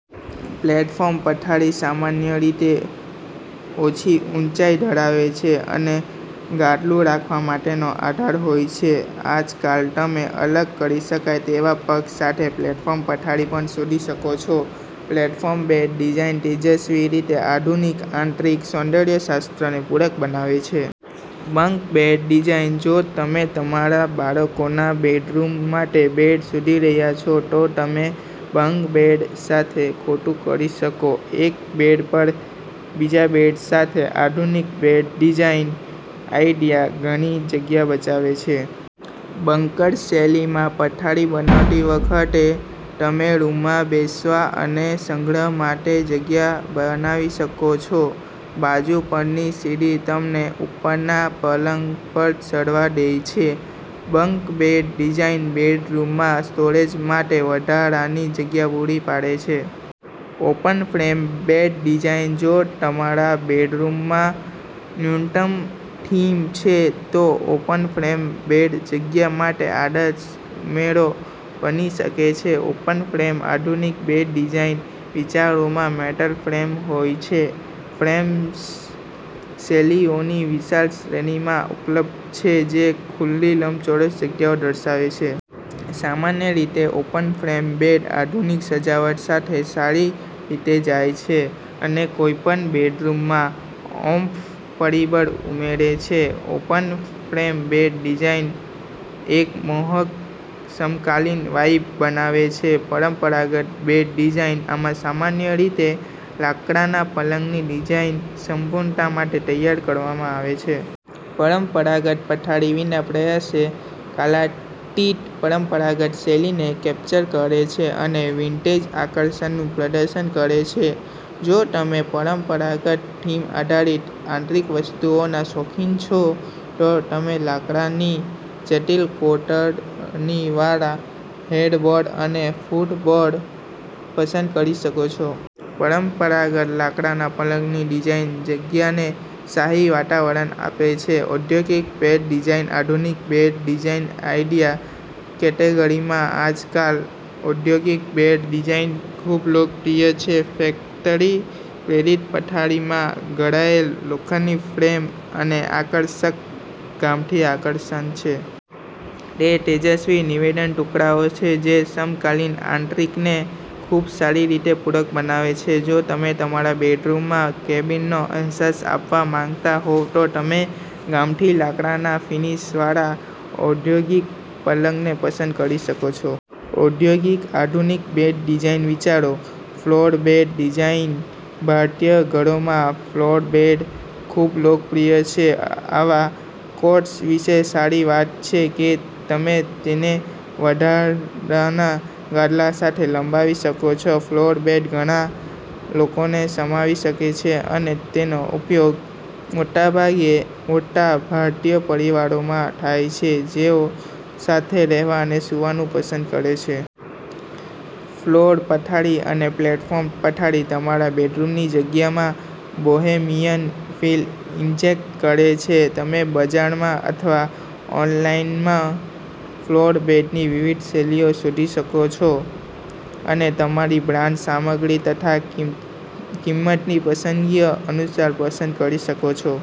Platform પથારી સામાન્ય રીતે ઓછી ઊંચાઈ ધરાવે છે અને ગાદલું રાખવા માટેનો આધાર હોય છે. આજકાલ, તમે અલગ કરી શકાય તેવા પગ સાથે પ્લેટફોર્મ પથારી પણ શોધી શકો છો. પ્લેટફોર્મ બેડ ડિઝાઇન તેજસ્વી રીતે આધુનિક આંતરિક સૌંદર્ય શાસ્ત્રને પૂરક બનાવે છે. બંક બેડ ડિઝાઇન જો તમે તમારા બાળકોના બેડરૂમ માટે બેડ શોધી રહ્યા છો, તો તમે બંક બેડ સાથે ખોટું કરી શકો. એક બેડ પર બીજા બેડ સાથે, આધુનિક બેડ ડિઝાઇન આઇડિયા ઘણી જગ્યા બચાવે છે. બંકર શૈલીમાં પથારી બનાવતી વખતે, તમે રૂમમાં બેસવા અને સંગ્રહ માટે જગ્યા બનાવી શકો છો. બાજુ પરની સીડી તમને ઉપરના પલંગ પર ચઢવા દે છે. બંક બેડ ડિઝાઇન બેડરૂમમાં સ્ટોરેજ માટે વધારાની જગ્યા પૂરી પાડે છે. ઓપન ફ્રેમ બેડ ડિઝાઇન જો તમારા બેડરૂમમાં ન્યૂનતમ થીમ છે, તો ઓપન ફ્રેમ બેડ જગ્યા માટે આદર્શ ઉમેરો બની શકે છે. ઓપન-ફ્રેમ આધુનિક બેડ ડિઝાઇન વિચારોમાં મેટલ ફ્રેમ હોય છે. ફ્રેમ્સ શૈલીઓની વિશાળ શ્રેણીમાં ઉપલબ્ધ છે જે ખુલ્લી લંબચોરસ જગ્યાઓ દર્શાવે છે. સામાન્ય રીતે, ઓપન ફ્રેમ બેડ આધુનિક સજાવટ સાથે સારી રીતે જાય છે અને કોઈપણ બેડરૂમમાં ઓમ્ફ પરિબળ ઉમેરે છે. ઓપન ફ્રેમ બેડ ડિઝાઇન એક મોહક સમકાલીન વાઇબ બનાવે છે. પરંપરાગત બેડ ડિઝાઇન આમાં સામાન્ય રીતે લાકડાના પલંગની ડિઝાઇન સંપૂર્ણતા માટે તૈયાર કરવામાં આવે છે. પરંપરાગત પથારી વિના પ્રયાસે કાલાતીત પરંપરાગત શૈલીને કેપ્ચર કરે છે અને વિન્ટેજ આકર્ષણનું પ્રદર્શન કરે છે. જો તમે પરંપરાગત થીમ આધારિત આંતરિક વસ્તુઓના શોખીન છો, તો તમે લાકડાની જટિલ કોતરણીવાળા હેડબોર્ડ અને ફૂટબોર્ડ પસંદ કરી શકો છો. પરંપરાગત લાકડાના પલંગની ડિઝાઇન જગ્યાને શાહી વાતાવરણ આપે છે. ઔદ્યોગિક બેડ ડિઝાઇન આધુનિક બેડ ડિઝાઇન આઇડિયા કેટેગરીમાં આજકાલ ઔદ્યોગિક બેડ ડિઝાઇન ખૂબ લોકપ્રિય છે. ફેક્ટરી-પ્રેરિત પથારીમાં ઘડાયેલ લોખંડની ફ્રેમ અને આકર્ષક ગામઠી આકર્ષણ છે. તે તેજસ્વી નિવેદન ટુકડાઓ છે જે સમકાલીન આંતરિકને ખૂબ સારી રીતે પૂરક બનાવે છે. જો તમે તમારા બેડરૂમમાં કેબિનનો અહેસાસ આપવા માંગતા હોવ તો તમે ગામઠી લાકડાના ફિનિશવાળા ઔદ્યોગિક પલંગને પસંદ કરી શકો છો. ઔદ્યોગિક આધુનિક બેડ ડિઝાઇન વિચારો. ફ્લોર બેડ ડિઝાઇન ભારતીય ઘરોમાં ફ્લોર બેડ ખૂબ લોકપ્રિય છે. આવા કોટ્સ વિશે સારી વાત છે કે તમે તેને વધારાના ગાદલા સાથે લંબાવી શકો છો. ફ્લોર બેડ ઘણા લોકોને સમાવી શકે છે અને તેનો ઉપયોગ મોટાભાગે મોટા ભારતીય પરિવારોમાં થાય છે જેઓ સાથે રહેવા અને સૂવાનું પસંદ કરે છે. ફ્લોર પથારી અને પ્લેટફોર્મ પથારી તમારા બેડરૂમની જગ્યામાં બોહેમિયન ફીલ ઇન્જેક્ટ કરે છે. તમે બજારમાં અથવા ઑનલાઇનમાં ફ્લોર બેડની વિવિધ શૈલીઓ શોધી શકો છો, અને તમારી બ્રાન્ડ, સામગ્રી તથા કિંમતની પસંદગીઓ અનુસાર પસંદ કરી શકો છો.